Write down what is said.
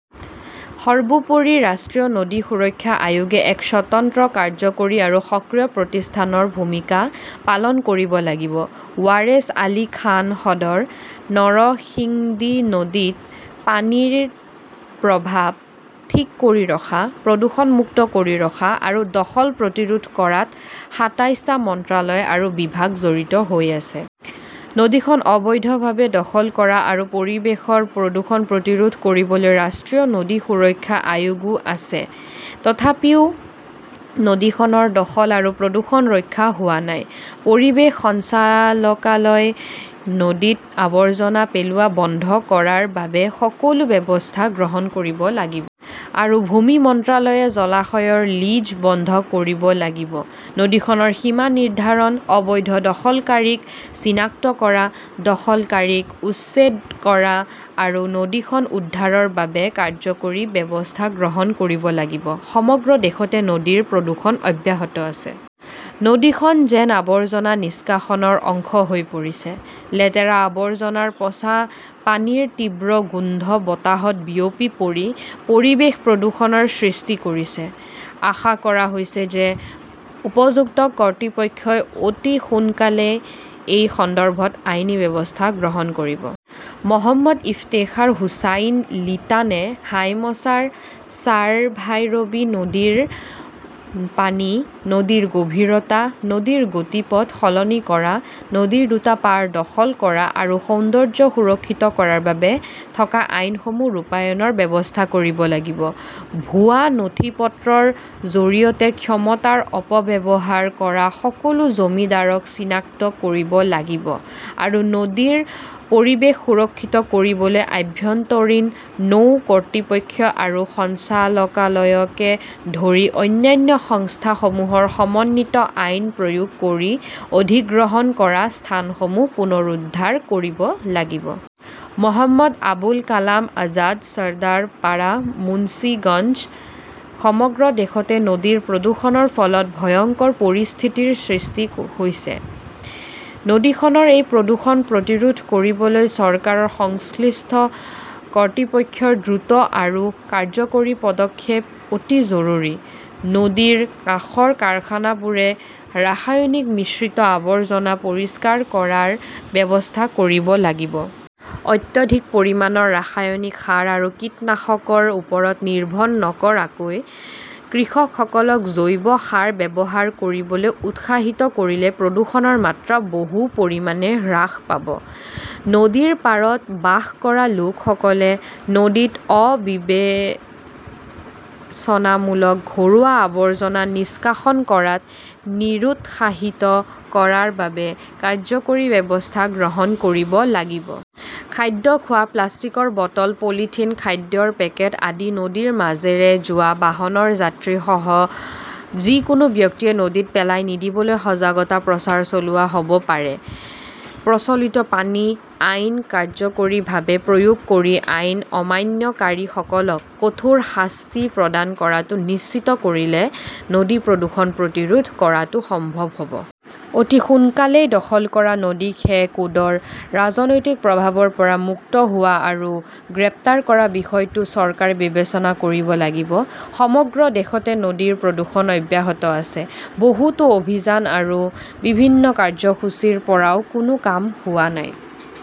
সৰ্বোপৰি, ৰাষ্ট্ৰীয় নদী সুৰক্ষা আয়োগে এক স্বতন্ত্ৰ, কাৰ্যকৰী আৰু সক্ৰিয় প্ৰতিষ্ঠানৰ ভূমিকা পালন কৰিব লাগিব। ৱাৰেছ আলী খান সদৰ, নৰসিংডী নদীত পানীৰ প্ৰৱাহ ঠিক কৰি ৰখা, প্ৰদূষণমুক্ত কৰি ৰখা আৰু দখল প্ৰতিৰোধ কৰাত সাতাইছটা মন্ত্ৰালয় আৰু বিভাগ জড়িত হৈ আছে। নদীখন অবৈধভাৱে দখল কৰা আৰু পৰিৱেশৰ প্ৰদূষণ প্ৰতিৰোধ কৰিবলৈ ৰাষ্ট্ৰীয় নদী সুৰক্ষা আয়োগও আছে। তথাপিও নদীখনৰ দখল আৰু প্ৰদূষণ ৰক্ষা হোৱা নাই। পৰিৱেশ সঞ্চালকালয়ই নদীত আৱৰ্জনা পেলোৱা বন্ধ কৰাৰ বাবে সকলো ব্যৱস্থা গ্ৰহণ কৰিব লাগিব। আৰু ভূমি মন্ত্ৰালয়ে জলাশয়ৰ লিজ বন্ধ কৰিব লাগিব। নদীখনৰ সীমা নিৰ্ধাৰণ, অবৈধ দখলকাৰীক চিনাক্ত কৰা, দখলকাৰীক উচ্ছেদ কৰা আৰু নদীখন উদ্ধাৰৰ বাবে কাৰ্যকৰী ব্যৱস্থা গ্ৰহণ কৰিব লাগিব। সমগ্ৰ দেশতে নদীৰ প্ৰদূষণ অব্যাহত আছে। নদীখন যেন আবৰ্জনা নিষ্কাশনৰ অংশ হৈ পৰিছে। লেতেৰা আৱৰ্জনাৰ পচা পানীৰ তীব্ৰ গোন্ধ বতাহত বিয়পি পৰি পৰিৱেশ প্ৰদূষণৰ সৃষ্টি কৰিছে। আশা কৰা হৈছে যে উপযুক্ত কৰ্তৃপক্ষই অতি সোনকালেই এই সন্দৰ্ভত আইনী ব্যৱস্থা গ্ৰহণ কৰিব। মহম্মদ ইফতেখাৰ হোছাইন লিটানে হাইমচাৰ, চাৰভাইৰবী নদীৰ পানী, নদীৰ গভীৰতা, নদীৰ গতিপথ সলনি কৰা, নদীৰ দুটা পাৰ দখল কৰা আৰু সৌন্দৰ্য সুৰক্ষিত কৰাৰ বাবে থকা আইনসমূহ ৰূপায়ণৰ ব্যৱস্থা কৰিব লাগিব। ভুৱা নথিপত্ৰৰ জৰিয়তে ক্ষমতাৰ অপব্যৱহাৰ কৰা সকলো জমিদাৰক চিনাক্ত কৰিব লাগিব আৰু নদীৰ পৰিৱেশ সুৰক্ষিত কৰিবলৈ আভ্যন্তৰীণ নৌ কৰ্তৃপক্ষ আৰু সঞ্চালকালয়কে ধৰি অন্যান্য সংস্থাসমূহৰ সমন্বিত আইন প্ৰয়োগ কৰি অধিগ্ৰহণ কৰা স্থানসমূহ পুনৰুদ্ধাৰ কৰিব লাগিব। মহম্মদ আবুল কালাম আজাদ চৰ্দাৰপাৰা, মুঞ্চিগঞ্জ সমগ্ৰ দেশতে নদীৰ প্ৰদূষণৰ ফলত ভয়ংকৰ পৰিস্থিতিৰ সৃষ্টি হৈছে। নদীখনৰ এই প্ৰদূষণ প্ৰতিৰোধ কৰিবলৈ চৰকাৰৰ সংশ্লিষ্ট কৰ্তৃপক্ষৰ দ্ৰুত আৰু কাৰ্যকৰী পদক্ষেপ অতি জৰুৰী। নদীৰ কাষৰ কাৰখানাবোৰে ৰাসায়নিক মিশ্ৰিত আৱৰ্জনা পৰিষ্কাৰ কৰাৰ ব্যৱস্থা কৰিব লাগিব। অত্যধিক পৰিমাণৰ ৰাসায়নিক সাৰ আৰু কীটনাশকৰ ওপৰত নিৰ্ভৰ নকৰাকৈ কৃষকসকলক জৈৱ সাৰ ব্যৱহাৰ কৰিবলৈ উৎসাহিত কৰিলে প্ৰদূষণৰ মাত্ৰা বহু পৰিমাণে হ্ৰাস পাব। নদীৰ পাৰত বাস কৰা লোকসকলে নদীত অবিবেচনামূলক ঘৰুৱা আৱৰ্জনা নিষ্কাশন কৰাত নিৰুৎসাহিত কৰাৰ বাবে কাৰ্যকৰী ব্যৱস্থা গ্ৰহণ কৰিব লাগিব। খাদ্য খোৱা, প্লাষ্টিকৰ বটল, পলিথিন, খাদ্যৰ পেকেট আদি নদীৰ মাজেৰে যোৱা বাহনৰ যাত্ৰীসহ যিকোনো ব্যক্তিয়ে নদীত পেলাই নিদিবলৈ সজাগতা প্ৰচাৰ চলোৱা হ'ব পাৰে। প্ৰচলিত পানী আইন কাৰ্যকৰীভাৱে প্ৰয়োগ কৰি আইন অমান্যকাৰীসকলক কঠোৰ শাস্তি প্ৰদান কৰাটো নিশ্চিত কৰিলে নদী প্ৰদূষণ প্ৰতিৰোধ কৰাটো সম্ভৱ হ 'ব। অতি সোনকালেই, দখল কৰা নদীখেকোডৰ ৰাজনৈতিক প্ৰভাৱৰ পৰা মুক্ত হোৱা আৰু গ্ৰেপ্তাৰ কৰাৰ বিষয়টো চৰকাৰে বিবেচনা কৰিব লাগিব। সমগ্ৰ দেশতে নদীৰ প্ৰদূষণ অব্যাহত আছে। বহুতো অভিযান আৰু বিভিন্ন কাৰ্যসূচীৰ পৰাও কোনো কাম হোৱা নাই।